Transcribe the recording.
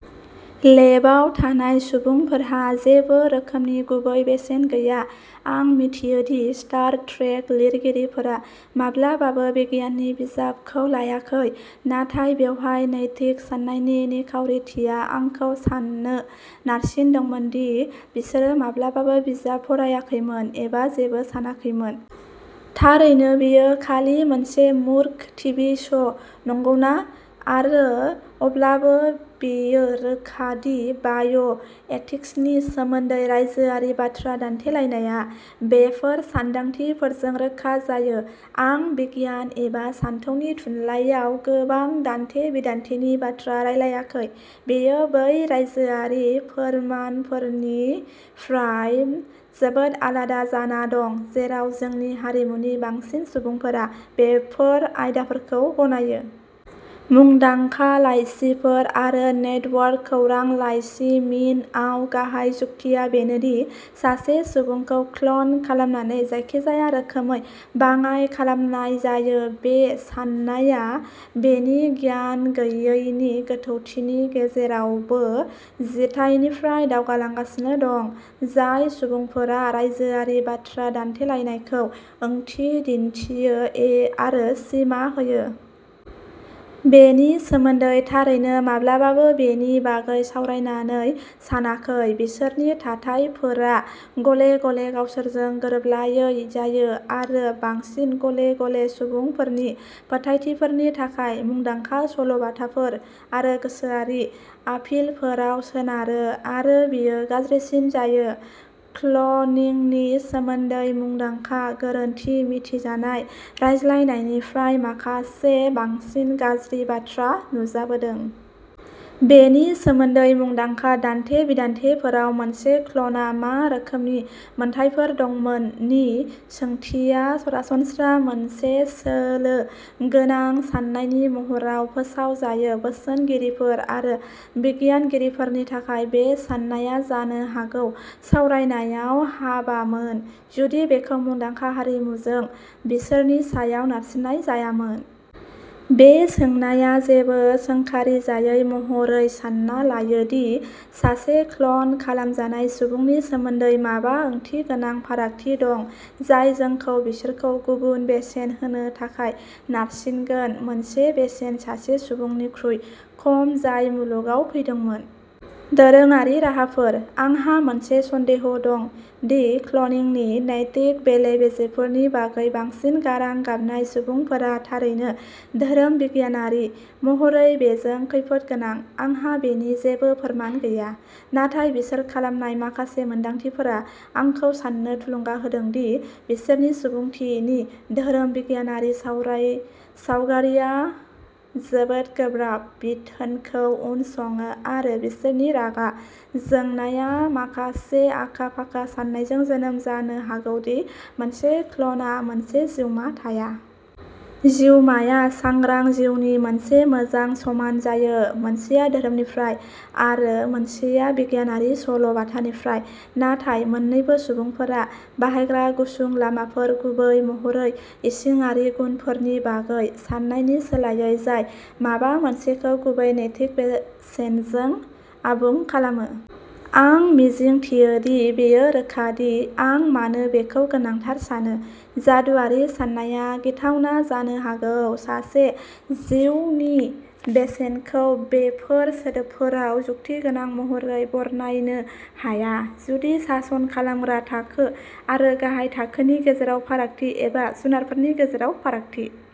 लेबआव थानाय सुबुंफोरहा जेबो रोखोमनि गुबै बेसेन गैया। आं मिथियो दि स्टार ट्रेक लिरगिरिफोरा माब्लाबाबो बिगियाननि बिजाबखौ लायाखै, नाथाय बेवहाय नैतिक साननायनि निखावरिथिया आंखौ साननो नारसिनदोंमोन दि बिसोरो माब्लाबाबो बिजाब फरायाखैमोन एबा जेबो सानाखैमोन। थारैनो, बेयो खालि मोनसे मूर्ख टिभि श'। नंगौना? आरो अब्लाबो, बेयो रोखा दि बाय' एथिक्सनि सोमोन्दै रायजोआरि बाथ्रा दान्थेलायनाया बेफोर सानदांथिफोरजों रोखा जायो। आं बिगियान एबा सानथौनि थुनलाइयाव गोबां दान्थे-बिदान्थेनि बाथ्रा रायलायाखै। बेयो बै रायजोआरि फोरमफोरनिफ्राय जोबोद आलादा जाना दं जेराव जोंनि हारिमुनि बांसिन सुबुंफोरा बेफोर आयदाफोरखौ गनायो। मुंदांखा लाइसिफोर आरो नेटवर्क खौरां लाइसिमिनआव, गाहाय जुक्तिआ बेनो दि सासे सुबुंखौ क्ल'न खालामनानै जायखिजाया रोखोमै बाङाइ खालामनाय जायो। बे साननाया बेनि गियान गैयैनि गोथौथिनि गेजेरावबो जिथाइनिफ्राय दावगालांगासिनो दं। जाय सुबुंफोरा रायजोआरि बाथ्रा दान्थेलायनायखौ ओंथि दिन्थियो आरो सिमा होयो। बेनि सोमोन्दै थारैनो माब्लाबाबो बेनि बागै सावरायनानै सानाखै। बिसोरनि थाथाइफोरा गले-गले गावसोरजों गोरोबलायै जायो आरो बांसिन गले-गले सुबुंफोरनि फोथायथिफोरनि थाखाय मुंदांखा सल' बाथाफोर आरो गोसोआरि आपिलफोराव सोनारो आरो बेयो गाज्रिसिन जायो। क्ल'निंनि सोमोन्दै मुंदांखा, गोरोन्थि मिथिजानाय रायज्लायनायनिफ्राय माखासे बांसिन गाज्रि बाथ्रा नुजाबोदों। बेनि सोमोन्दै मुंदांखा दान्थे-बिदान्थेफोराव मोनसे क्ल'नआ मा रोखोमनि मोनथायफोर दंमोन नि सोंथिया सरासनस्रा मोनसे सोलो गोनां साननायनि महराव फोसावजायो। बोसोनगिरिफोर आरो बिगियानगिरिफोरनि थाखाय, बे साननाया जानो हागौ सावरायनायाव हाबामोन जुदि बेखौ मुंदांखा हारिमुजों बिसोरनि सायाव नारसिन्नाय जायामोन। बे सोंनाया जेबो सोंखारिजायै महरै, सान्ना लायो दि सासे क्ल'न खालामजानाय सुबुंनि सोमोन्दै माबा ओंथिगोनां फारागथि दं जाय जोंखौ बिसोरखौ गुबुन बेसेन होनो थाखाय नारसिनगोन। मोनसे बेसेन, सासे सुबुंनिख्रुइ खम जाय मुलुगाव फैदोंमोन। दोरोङारि राहाफोर। आंहा मोनसे सन्देह दं, दि क्लनिंनि नैतिक बेले-बेजेफोरनि बागै बांसिन गारां गाबनाय सुबुंफोरा थारैनो धोरोम बिगियानारि महरै बेजों खैफोद गोनां। आंहा बेनि जेबो फोरमान गैया। नाथाय बिसोर खालामनाय माखासे मोनदांथिफोरा आंखौ साननो थुलुंगा होदों दि बिसोरनि सुबुंथि नि धोरोम बिगियानारि सावगारिआ जोबोद गोब्राब बिथोनखौ उनसङो आरो बिसोरनि रागा जोंनाया माखासे आखा-फाखा साननायजों जोनोम जानो हागौ दि मोनसे क्ल'नआ मोनसे जिउमा थाया। जिउमा आ सांग्रां जिउ नि मोनसे मोजां समान जायो। मोनसेया धोरोमनिफ्राय आरो मोनसेया बिगियानारि सल' बाथानिफ्राय, नाथाय मोन्नैबो सुबुंफोरा बाहायग्रा गुसुं लामाफोर, गुबै महरै इसिङारि गुनफोरनि बागै साननायनि सोलायै जाय माबा मोनसेखौ गुबै नैतिक बेसेनजों आबुं खालामो। आं मिजिंथियो दि बेयो रोखा दि आं मानो बेखौ गोनांथार सानो। जादुआरि साननाया गिथावना जानो हागौ। सासे जिउनि बेसेनखौ बेफोर सोदोबफोराव जुक्तिगोनां महरै बरनायनो हाया। जुदि सासन खालामग्रा थाखो आरो गाहाय थाखोनि गेजेराव फारागथि एबा जुनारफोरनि गेजेराव फारागथि।